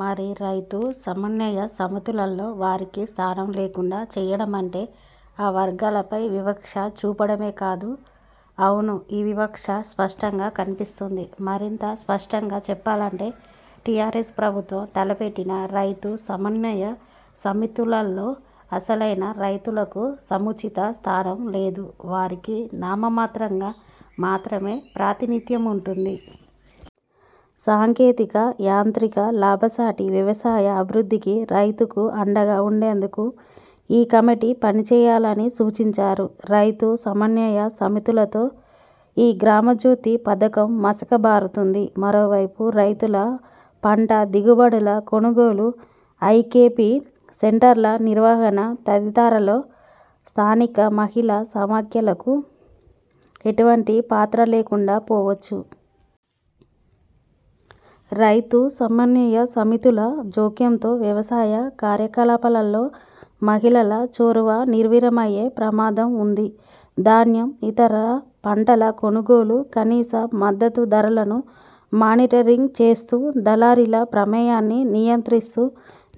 మరి రైతు సమన్వయ సమితులలో వారికి స్థానం లేకుండా చేయడమంటే ఆ వర్గాలపై వివక్ష చూపడమే కాదూ? అవును, ఈ వివక్ష స్పష్టంగా కన్పిస్తోంది. మరింత స్పష్టంగా చెప్పాలంటే టీఆర్ఎస్ ప్రభుత్వం తలపెట్టిన రైతు సమన్వయ సమితులలో అసలైన రైతులకు సముచిత స్థానం లేదు. వారికి నామమాత్రంగా మాత్రమే ప్రాతినిధ్యముంటుంది. సాంకేతిక, యాంత్రిక, లాభసాటి వ్యవసాయ అభివృద్ధికి రైతుకు అండగా ఉండేందుకు ఈ కమిటి పనిచేయాలని సూచించారు. రైతు సమన్వయ సమితులతో ఈ 'గ్రామజ్యోతి' పథకం మసక బారుతుంది. మరొకవైపు రైతుల పంట దిగుబడుల కొనుగోలు, ఐ. కె. పి. సెంటర్ల నిర్వహణ తదితరాలలో స్థానిక మహిళా సమాఖ్యలకు ఎటువంటి పాత్ర లేకుండా పోవచ్చు. రైతు సమన్వయ సమితుల జోక్యంతో వ్యవసాయ కార్యకలాపాలలో మహిళల చొరవ నిర్వీర్యమయ్యే ప్రమాదం ఉంది. ధాన్యం, ఇతర పంటల కొనుగోలు, కనీస మద్దతు ధరలను మానిటరింగ్ చేస్తూ దళారీల ప్రమేయాన్ని నియంత్రిస్తూ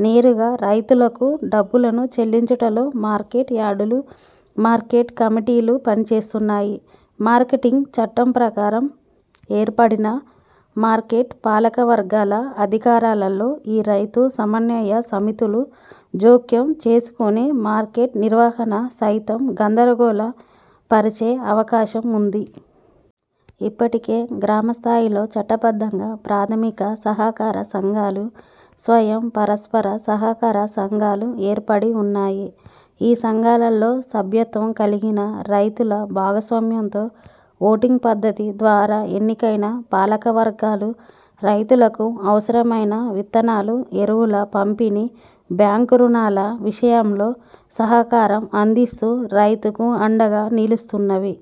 నేరుగా రైతులకు డబ్బులను చెల్లించుటలో మార్కెట్ యార్డులు, మార్కెట్ కమిటీలు పనిచేస్తున్నాయి. మార్కెటింగ్ చట్టం ప్రకారం ఏర్పడిన మార్కెట్ పాలక వర్గాల అధికారాలలో ఈ రైతు సమన్వయ సమితులు జోక్యం చేసుకుని మార్కెట్ నిర్వహణ సైతం గందరగోళ పరిచే అవకాశం ఉంది. ఇప్పటికే గ్రామ స్థాయిలో చట్టబద్ధంగా ప్రాథమిక సహకార సంఘాలు, స్వయం పరస్పర సహకార సంఘాలు ఏర్పడివున్నాయి. ఈ సంఘాలలో సభ్యత్వం కలిగిన రైతుల భాగస్వామ్యంతో ఓటింగ్ పద్ధతి ద్వారా ఎన్నికైన పాలక వర్గాలు రైతులకు అవసరమైన విత్తనాలు, ఎరువుల పంపిణి, బ్యాంకు ఋణాల విషయంలో సహకారం అందిస్తూ రైతుకు అండగా నిలుస్తున్నవి.